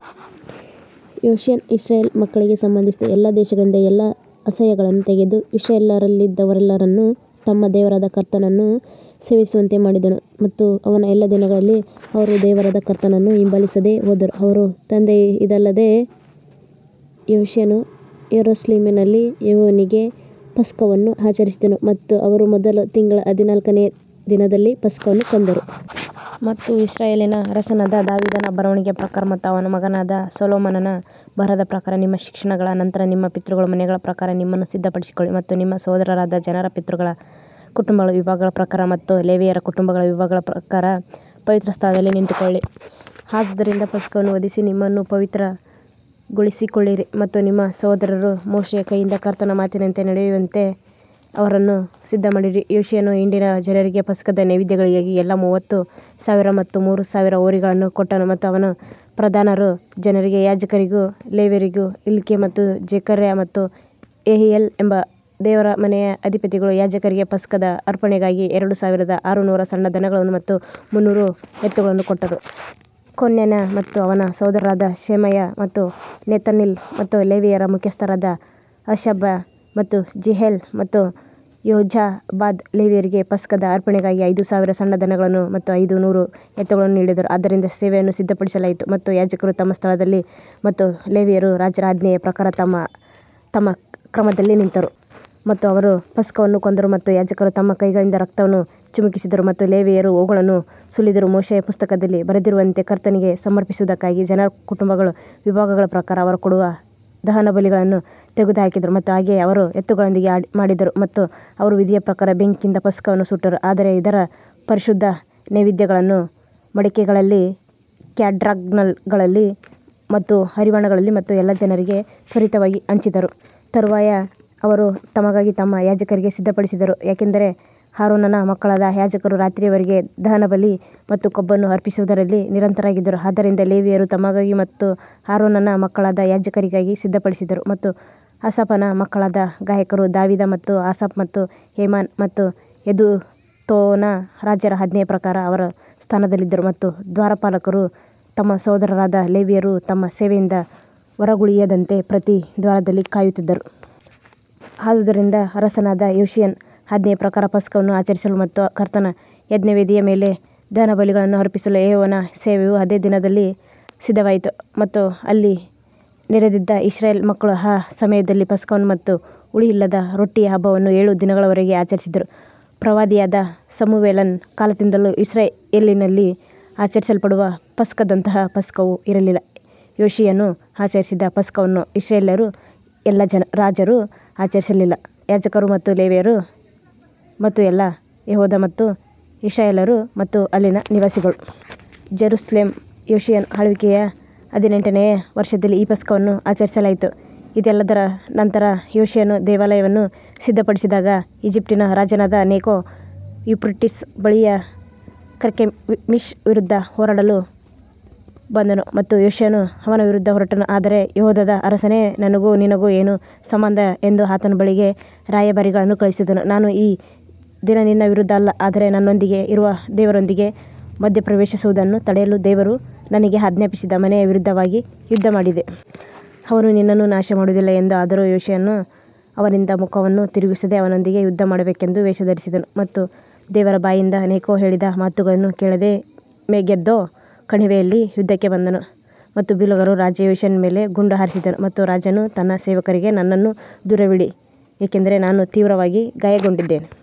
ಯೋಷೀಯನು Israel ಮಕ್ಕಳಿಗೆ ಸಂಬಂಧಿಸಿದ ಎಲ್ಲಾ ದೇಶಗಳಿಂದ ಎಲ್ಲಾ ಅಸಹ್ಯಗಳನ್ನು ತೆಗೆದು ಇಸ್ರಾಯೇಲ್ಯರಲ್ಲಿದ್ದವರೆಲ್ಲರನ್ನೂ ತಮ್ಮ ದೇವರಾದ ಕರ್ತನನ್ನು ಸೇವಿಸುವಂತೆ ಮಾಡಿದನು ಮತ್ತು ಅವನ ಎಲ್ಲಾ ದಿನಗಳಲ್ಲಿ ಅವರು ದೇವರಾದ ಕರ್ತನನ್ನು ಹಿಂಬಾಲಿಸದೆ ಹೋದರು. ಅವರ ತಂದೆ ಇದಲ್ಲದೆ ಯೋಷೀಯನು ಯೆರೂಸಲೇಮಿನಲ್ಲಿ ಯೆಹೋವನಿಗೆ ಪಸ್ಕವನ್ನು ಆಚರಿಸಿದನು ಮತ್ತು ಅವರು ಮೊದಲ ತಿಂಗಳ ಹದಿನಾಲ್ಕನೆಯ ದಿನದಲ್ಲಿ ಪಸ್ಕವನ್ನು ಕೊಂದರು. ಮತ್ತು ಇಸ್ರಾಯೇಲಿನ ಅರಸನಾದ ದಾವೀದನ ಬರವಣಿಗೆಯ ಪ್ರಕಾರ ಮತ್ತು ಅವನ ಮಗನಾದ ಸೊಲೊಮೋನನ ಬರಹದ ಪ್ರಕಾರ ನಿಮ್ಮ ಶಿಕ್ಷಣಗಳ ನಂತರ ನಿಮ್ಮ ಪಿತೃಗಳ ಮನೆಗಳ ಪ್ರಕಾರ ನಿಮ್ಮನ್ನು ಸಿದ್ಧಪಡಿಸಿಕೊಳ್ಳಿ. ಮತ್ತು ನಿಮ್ಮ ಸಹೋದರರಾದ ಜನರ ಪಿತೃಗಳ ಕುಟುಂಬಗಳ ವಿಭಾಗಗಳ ಪ್ರಕಾರ ಮತ್ತು ಲೇವಿಯರ ಕುಟುಂಬಗಳ ವಿಭಾಗಗಳ ಪ್ರಕಾರ ಪವಿತ್ರ ಸ್ಥಳದಲ್ಲಿ ನಿಂತುಕೊಳ್ಳಿ. ಆದುದರಿಂದ ಪಸ್ಕವನ್ನು ವಧಿಸಿ ನಿಮ್ಮನ್ನು ಪವಿತ್ರಗೊಳಿಸಿಕೊಳ್ಳಿರಿ ಮತ್ತು ನಿಮ್ಮ ಸಹೋದರರು ಮೋಶೆಯ ಕೈಯಿಂದ ಕರ್ತನ ಮಾತಿನಂತೆ ನಡೆಯುವಂತೆ ಅವರನ್ನು ಸಿದ್ಧಮಾಡಿರಿ. ಯೋಷೀಯನು ಹಿಂಡಿನ ಜನರಿಗೆ ಪಸ್ಕದ ನೈವೇದ್ಯಗಳಿಗಾಗಿ ಎಲ್ಲಾ ಮೂವತ್ತು ಸಾವಿರ ಮತ್ತು ಮೂರು ಸಾವಿರ ಹೋರಿಗಳನ್ನು ಕೊಟ್ಟನು. ಮತ್ತು ಅವನ ಪ್ರಧಾನರು ಜನರಿಗೆ ಯಾಜಕರಿಗೂ ಲೇವಿಯರಿಗೂ ಹಿಲ್ಕೀಯ ಮತ್ತು ಜೆಕರ್ಯ ಮತ್ತು ಯೆಹೀಯೇಲ್ ಎಂಬ ದೇವರ ಮನೆಯ ಅಧಿಪತಿಗಳು ಯಾಜಕರಿಗೆ ಪಸ್ಕದ ಅರ್ಪಣೆಗಳಿಗಾಗಿ ಎರಡು ಸಾವಿರದ ಆರುನೂರು ಸಣ್ಣ ದನಗಳನ್ನು ಮತ್ತು ಮುನ್ನೂರು ಎತ್ತುಗಳನ್ನು ಕೊಟ್ಟರು. ಕೊನನ್ಯ ಮತ್ತು ಅವನ ಸಹೋದರರಾದ ಶೆಮಾಯ ಮತ್ತು ನೆತನೀಲ್ ಮತ್ತು ಲೇವಿಯರ ಮುಖ್ಯಸ್ಥರಾದ ಹಷಬ್ಯ ಮತ್ತು ಜೀಯೇಲ್ ಮತ್ತು ಯೋಜಾಬಾದ್ ಲೇವಿಯರಿಗೆ ಪಸ್ಕದ ಅರ್ಪಣೆಗಾಗಿ ಐದು ಸಾವಿರ ಸಣ್ಣ ದನಗಳನ್ನು ಮತ್ತು ಐದು ನೂರು ಎತ್ತುಗಳನ್ನು ನೀಡಿದರು. ಆದ್ದರಿಂದ ಸೇವೆಯನ್ನು ಸಿದ್ಧಪಡಿಸಲಾಯಿತು ಮತ್ತು ಯಾಜಕರು ತಮ್ಮ ಸ್ಥಳದಲ್ಲಿ ಮತ್ತು ಲೇವಿಯರು ರಾಜರ ಆಜ್ಞೆಯ ಪ್ರಕಾರ ತಮ್ಮ ತಮ್ಮ ಕ್ರಮದಲ್ಲಿ ನಿಂತರು. ಮತ್ತು ಅವರು ಪಸ್ಕವನ್ನು ಕೊಂದರು ಮತ್ತು ಯಾಜಕರು ತಮ್ಮ ಕೈಗಳಿಂದ ರಕ್ತವನ್ನು ಚಿಮುಕಿಸಿದರು ಮತ್ತು ಲೇವಿಯರು ಅವುಗಳನ್ನು ಸುಲಿದರು ಮೋಶೆಯ ಪುಸ್ತಕದಲ್ಲಿ ಬರೆದಿರುವಂತೆ ಕರ್ತನಿಗೆ ಸಮರ್ಪಿಸುವುದಕ್ಕಾಗಿ ಜನರ ಕುಟುಂಬಗಳ ವಿಭಾಗಗಳ ಪ್ರಕಾರ ಅವರು ಕೊಡುವ ದಹನಬಲಿಗಳನ್ನು ತೆಗೆದುಹಾಕಿದರು ಮತ್ತು ಹಾಗೆಯೇ ಅವರು ಎತ್ತುಗಳೊಂದಿಗೆ ಮಾಡಿದರು. ಮತ್ತು ಅವರು ವಿಧಿಯ ಪ್ರಕಾರ ಬೆಂಕಿಯಿಂದ ಪಸ್ಕವನ್ನು ಸುಟ್ಟರು ಆದರೆ ಇತರ ಪರಿಶುದ್ಧ ನೈವೇದ್ಯಗಳನ್ನು ಮಡಕೆಗಳಲ್ಲಿ, ಕ್ಯಾಡ್ರಾನ್ಗಳಲ್ಲಿ ಮತ್ತು ಹರಿವಾಣಗಳಲ್ಲಿ ಮತ್ತು ಎಲ್ಲಾ ಜನರಿಗೆ ತ್ವರಿತವಾಗಿ ಹಂಚಿದರು. ತರುವಾಯ ಅವರು ತಮಗಾಗಿ ಮತ್ತು ಯಾಜಕರಿಗಾಗಿ ಸಿದ್ಧಪಡಿಸಿದರು ಏಕೆಂದರೆ ಆರೋನನ ಮಕ್ಕಳಾದ ಯಾಜಕರು ರಾತ್ರಿಯವರೆಗೆ ದಹನಬಲಿ ಮತ್ತು ಕೊಬ್ಬನ್ನು ಅರ್ಪಿಸುವುದರಲ್ಲಿ ನಿರತರಾಗಿದ್ದರು, ಆದ್ದರಿಂದ ಲೇವಿಯರು ತಮಗಾಗಿ ಮತ್ತು ಆರೋನನ ಮಕ್ಕಳಾದ ಯಾಜಕರಿಗಾಗಿ ಸಿದ್ಧಪಡಿಸಿದರು. ಮತ್ತು ಆಸಾಫನ ಮಕ್ಕಳಾದ ಗಾಯಕರು ದಾವೀದ ಮತ್ತು ಆಸಾಫ್ ಮತ್ತು ಹೇಮಾನ್ ಮತ್ತು ಯೆದುತೂನ್ ರಾಜರ ಆಜ್ಞೆಯ ಪ್ರಕಾರ ಅವರ ಸ್ಥಾನದಲ್ಲಿದ್ದರು ಮತ್ತು ದ್ವಾರಪಾಲಕರು ತಮ್ಮ ಸಹೋದರರಾದ ಲೇವಿಯರು ತಮ್ಮ ಸೇವೆಯಿಂದ ಹೊರಗುಳಿಯದಂತೆ ಪ್ರತಿ ದ್ವಾರದಲ್ಲಿ ಕಾಯುತ್ತಿದ್ದರು. ಆದುದರಿಂದ ಅರಸನಾದ ಯೋಷೀಯನ ಆಜ್ಞೆಯ ಪ್ರಕಾರ ಪಸ್ಕವನ್ನು ಆಚರಿಸಲು ಮತ್ತು ಕರ್ತನ ಯಜ್ಞವೇದಿಯ ಮೇಲೆ ದಹನಬಲಿಗಳನ್ನು ಅರ್ಪಿಸಲು ಯೆಹೋವನ ಸೇವೆಯು ಅದೇ ದಿನದಲ್ಲಿ ಸಿದ್ಧವಾಯಿತು. ಮತ್ತು ಅಲ್ಲಿ ನೆರೆದಿದ್ದ ಇಸ್ರಾಯೇಲ್ ಮಕ್ಕಳು ಆ ಸಮಯದಲ್ಲಿ ಪಸ್ಕವನ್ನು ಮತ್ತು ಹುಳಿಯಿಲ್ಲದ ರೊಟ್ಟಿಯ ಹಬ್ಬವನ್ನು ಏಳು ದಿನಗಳವರೆಗೆ ಆಚರಿಸಿದರು ಪ್ರವಾದಿಯಾದ ಸಮುವೇಲನ ಕಾಲದಿಂದಲೂ ಇಸ್ರಾಯೇಲಿನಲ್ಲಿ ಆಚರಿಸಲ್ಪಡುವ ಪಸ್ಕದಂತಹ ಪಸ್ಕವು ಇರಲಿಲ್ಲ, ಯೋಷೀಯನು ಆಚರಿಸಿದ ಪಸ್ಕವನ್ನು ಇಸ್ರಾಯೇಲ್ಯರ ಎಲ್ಲಾ ರಾಜರು ಆಚರಿಸಲಿಲ್ಲ, ಯಾಜಕರು ಮತ್ತು ಲೇವಿಯರು ಮತ್ತು ಎಲ್ಲಾ ಯೆಹೂದ ಮತ್ತು ಇಸ್ರಾಯೇಲ್ಯರು ಮತ್ತು ಅಲ್ಲಿನ ನಿವಾಸಿಗಳು. ಜೆರುಸಲೇಮ್ ಯೋಷೀಯನ ಆಳ್ವಿಕೆಯ ಹದಿನೆಂಟನೆಯ ವರ್ಷದಲ್ಲಿ ಈ ಪಸ್ಕವನ್ನು ಆಚರಿಸಲಾಯಿತು ಇದೆಲ್ಲದರ ನಂತರ, ಯೋಷೀಯನು ದೇವಾಲಯವನ್ನು ಸಿದ್ಧಪಡಿಸಿದಾಗ, ಈಜಿಪ್ಟಿನ ರಾಜನಾದ ನೆಕೋ ಯೂಫ್ರಟೀಸ್ ಬಳಿಯ ಕರ್ಕೆಮಿಶ್ ವಿರುದ್ಧ ಹೋರಾಡಲು ಬಂದನು ಮತ್ತು ಯೋಷೀಯನು ಅವನ ವಿರುದ್ಧ ಹೊರಟನು. ಆದರೆ ಯೆಹೂದದ ಅರಸನೇ, ನನಗೂ ನಿನಗೂ ಏನು ಸಂಬಂಧ ಎಂದು ಆತನ ಬಳಿಗೆ ರಾಯಭಾರಿಗಳನ್ನು ಕಳುಹಿಸಿದನು, ನಾನು ಈ ದಿನ ನಿನ್ನ ವಿರುದ್ಧ ಅಲ್ಲ ಆದರೆ ನನ್ನೊಂದಿಗೆ ಇರುವ ದೇವರೊಂದಿಗೆ ಮಧ್ಯಪ್ರವೇಶಿಸುವುದನ್ನು ತಡೆಯಲು ದೇವರು ನನಗೆ ಆಜ್ಞಾಪಿಸಿದ ಮನೆಯ ವಿರುದ್ಧವಾಗಿ ಯುದ್ಧಮಾಡಿದೆ. ಅವನು ನಿನ್ನನ್ನು ನಾಶಮಾಡುವುದಿಲ್ಲ ಎಂದು ಆದರೂ ಯೋಷೀಯನು ಅವನಿಂದ ಮುಖವನ್ನು ತಿರುಗಿಸದೆ ಅವನೊಂದಿಗೆ ಯುದ್ಧಮಾಡಬೇಕೆಂದು ವೇಷ ಧರಿಸಿದನು ಮತ್ತು ದೇವರ ಬಾಯಿಂದ ನೆಕೋ ಹೇಳಿದ ಮಾತುಗಳನ್ನು ಕೇಳದೆ ಮೆಗಿದ್ದೋ ಕಣಿವೆಯಲ್ಲಿ ಯುದ್ಧಕ್ಕೆ ಬಂದನು. ಮತ್ತು ಬಿಲ್ಲುಗಾರರು ರಾಜ ಯೋಷೀಯನ ಮೇಲೆ ಗುಂಡು ಹಾರಿಸಿದರು ಮತ್ತು ರಾಜನು ತನ್ನ ಸೇವಕರಿಗೆ ನನ್ನನ್ನು ದೂರವಿಡಿ, ಏಕೆಂದರೆ ನಾನು ತೀವ್ರವಾಗಿ ಗಾಯಗೊಂಡಿದ್ದೇನೆ.